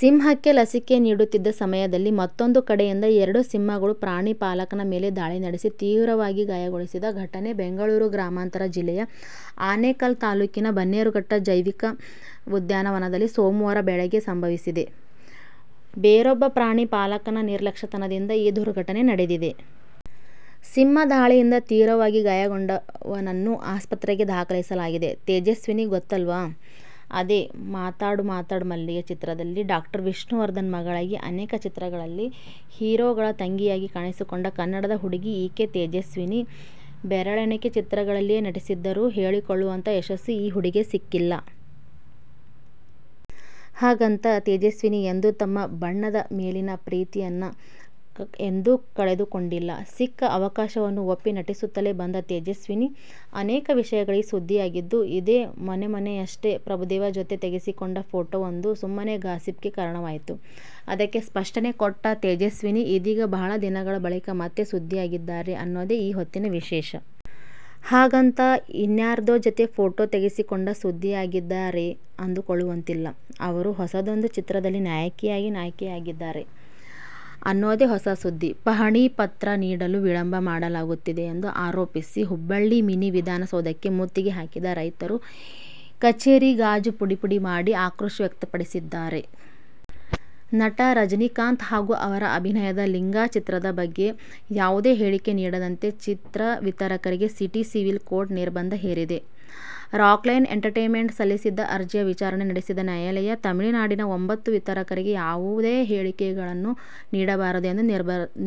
ಸಿಂಹಕ್ಕೆ ಲಸಿಕೆ ನೀಡುತ್ತಿದ್ದ ಸಮಯದಲ್ಲಿ ಮತ್ತೂಂದು ಕಡೆಯಿಂದ ಎರಡು ಸಿಂಹಗಳು ಪ್ರಾಣಿ ಪಾಲಕನ ಮೇಲೆ ದಾಳಿ ನಡೆಸಿ ತೀವ್ರವಾಗಿ ಗಾಯಗೊಳಿಸಿದ ಘಟನೆ ಬೆಂಗಳೂರು ಗ್ರಾಮಾಂತರ ಜಿಲ್ಲೆಯ ಆನೇಕಲ್ ತಾಲೂಕಿನ ಬನ್ನೇರುಘಟ್ಟ ಜೈವಿಕ ಉದ್ಯಾನವನದಲ್ಲಿ ಸೋಮವಾರ ಬೆಳಗ್ಗೆ ಸಂಭವಿಸಿದೆ. ಬೇರೊಬ್ಬ ಪ್ರಾಣಿ ಪಾಲಕನ ನಿರ್ಲಕ್ಷ್ಯತನದಿಂದ ಈ ದುರ್ಘಟನೆ ನಡೆದಿದೆ. ಸಿಂಹ ದಾಳಿಯಿಂದ ತೀವ್ರವಾಗಿ ಗಾಯಗೊಂಡವನನ್ನು ಆಸ್ಪತ್ರೆಗೆ ದಾಖಲಿಸಲಾಗಿದೆ. ತೇಜಸ್ವಿನಿ ಗೊತ್ತಲ್ವಾ? ಅದೇ "ಮಾತಾಡ್ ಮಾತಾಡು ಮಲ್ಲಿಗೆ' ಚಿತ್ರದಲ್ಲಿ ಡಾ. ವಿಷ್ಣುವರ್ಧನ್ ಮಗಳಾಗಿ, ಅನೇಕ ಚಿತ್ರಗಳಲ್ಲಿ ಹೀರೋಗಳ ತಂಗಿಯಾಗಿ ಕಾಣಿಸಿಕೊಂಡ ಕನ್ನಡದ ಹುಡುಗಿ ಈಕೆ. ತೇಜಸ್ವಿನಿ ಬೆರಳೆಣಿಕೆ ಚಿತ್ರಗಳಲ್ಲಿ ನಟಿಸಿದ್ದರೂ ಹೇಳಿಕೊಳ್ಳುವಂತಹ ಯಶಸ್ಸು ಈ ಹುಡುಗಿಗೆ ಸಿಕ್ಕಿಲ್ಲ. ಹಾಗಂತ, ತೇಜಸ್ವಿನಿ ಎಂದೂ ತಮ್ಮ ಬಣ್ಣದ ಮೇಲಿನ ಪ್ರೀತಿಯನ್ನ ಎಂದೂ ಕಳೆದುಕೊಂಡಿಲ್ಲ. ಸಿಕ್ಕ ಅವಕಾಶವನ್ನು ಒಪ್ಪಿ ನಟಿಸುತ್ತಲೇ ಬಂದ ತೇಜಸ್ವಿನಿ, ಅನೇಕ ವಿಷಯಗಳಿಗೆ ಸುದ್ದಿಯಾಗಿದ್ದೂ ಇದೆ. ಮೊನ್ನೆ ಮೊನ್ನೆಯಷ್ಟೇ, ಪ್ರಭುದೇವ್ ಜತೆ ತೆಗೆಸಿಕೊಂಡ ಫೋಟೋವೊಂದು ಸುಮ್ಮನೆ ಗಾಸಿಪ್ಗೆ ಕಾರಣವಾಯಿತು. ಅದಕ್ಕೆ ಸ್ಪಷ್ಟನೆ ಕೊಟ್ಟ ತೇಜಸ್ವಿನಿ, ಇದೀಗ ಬಹಳ ದಿನಗಳ ಬಳಿಕ ಮತ್ತೆ ಸುದ್ದಿಯಾಗಿದ್ದಾರೆ ಅನ್ನೋದೆ ಈ ಹೊತ್ತಿನ ವಿಶೇಷ. ಹಾಗಂತ ಇನ್ಯಾರದೋ ಜತೆ ಫೋಟೋ ತೆಗೆಸಿಕೊಂಡು ಸುದ್ದಿಯಾಗಿದ್ದಾರಾ ಅಂದುಕೊಳ್ಳುವಂತಿಲ್ಲ. ಅವರು ಹೊಸದೊಂದು ಚಿತ್ರದಲ್ಲಿ ನಾಯಕಿಯಾಗಿ ಆಯ್ಕೆಯಾಗಿದ್ದಾರೆ ಅನ್ನೋದೇ ಹೊಸ ಸುದ್ದಿ. ಪಹಣಿ ಪತ್ರ ನೀಡಲು ವಿಳಂಬ ಮಾಡಲಾಗುತ್ತಿದೆ ಎಂದು ಆರೋಪಿಸಿ ಹುಬ್ಬಳ್ಳಿ ಮಿನಿ ವಿಧಾನಸೌಧಕ್ಕೆ ಮುತ್ತಿಗೆ ಹಾಕಿದ ರೈತರು, ಕಚೇರಿ ಗಾಜು ಪುಡಿಪುಡಿ ಮಾಡಿ ಆಕ್ರೋಶ ವ್ಯಕ್ತಪಡಿಸಿದ್ದಾರೆ. ನಟ ರಜನಿಕಾಂತ್ ಹಾಗೂ ಅವರ ಅಭಿನಯದ "ಲಿಂಗಾ' ಚಿತ್ರದ ಬಗ್ಗೆ ಯಾವುದೇ ಹೇಳಿಕೆ ನೀಡದಂತೆ ಚಿತ್ರ ವಿತರಕರಿಗೆ ಸಿಟಿ ಸಿವಿಲ್ ಕೋರ್ಟ್ ನಿರ್ಬಂಧ ಹೇರಿದೆ. ರಾಕ್ಲೈನ್ ಎಂಟರ್ಟೇನ್ಮೆಂಟ್ ಸಲ್ಲಿಸಿದ್ದ ಅರ್ಜಿಯ ವಿಚಾರಣೆ ನಡೆಸಿದ ನ್ಯಾಯಾಲಯ, ತಮಿಳುನಾಡಿನ ಒಂಭತ್ತು ವಿತರಕರಿಗೆ ಯಾವುದೇ ಹೇಳಿಕೆಗಳನ್ನು ನೀಡಬಾರದು ಎಂದು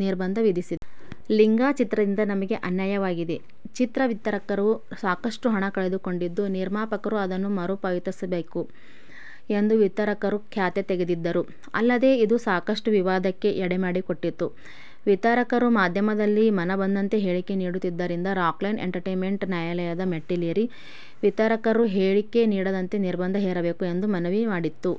ನಿರ್ಬಂಧ ವಿಧಿಸಿದೆ. "ಲಿಂಗಾ ಚಿತ್ರದಿಂದ ನಮಗೆ ಅನ್ಯಾಯವಾಗಿದೆ. ಚಿತ್ರ ವಿತರಕರು ಸಾಕಷ್ಟು ಹಣ ಕಳೆದುಕೊಂಡಿದ್ದು, ನಿರ್ಮಾಪಕರು ಅದನ್ನು ಮರುಪಾವತಿಸಬೇಕು' ಎಂದು ವಿತರಕರು ಕ್ಯಾತೆ ತೆಗೆದಿದ್ದರು. ಅಲ್ಲದೆ, ಇದು ಸಾಕಷ್ಟು ವಿವಾದಕ್ಕೆ ಎಡೆಮಾಡಿಕೊಟ್ಟಿತ್ತು. ವಿತರಕರು ಮಾಧ್ಯಮಗಳಲ್ಲಿ ಮನಬಂದಂತೆ ಹೇಳಿಕೆ ನೀಡುತ್ತಿದ್ದರಿಂದ ರಾಕ್ಲೈನ್ ಎಂಟರ್ಟೇನ್ಮೆಂಟ್ ನ್ಯಾಯಾಲಯದ ಮೆಟ್ಟಿಲೇರಿ, ವಿತರಕರು ಹೇಳಿಕೆ ನೀಡದಂತೆ ನಿರ್ಬಂಧ ಹೇರಬೇಕು ಎಂದು ಮನವಿ ಮಾಡಿತ್ತು.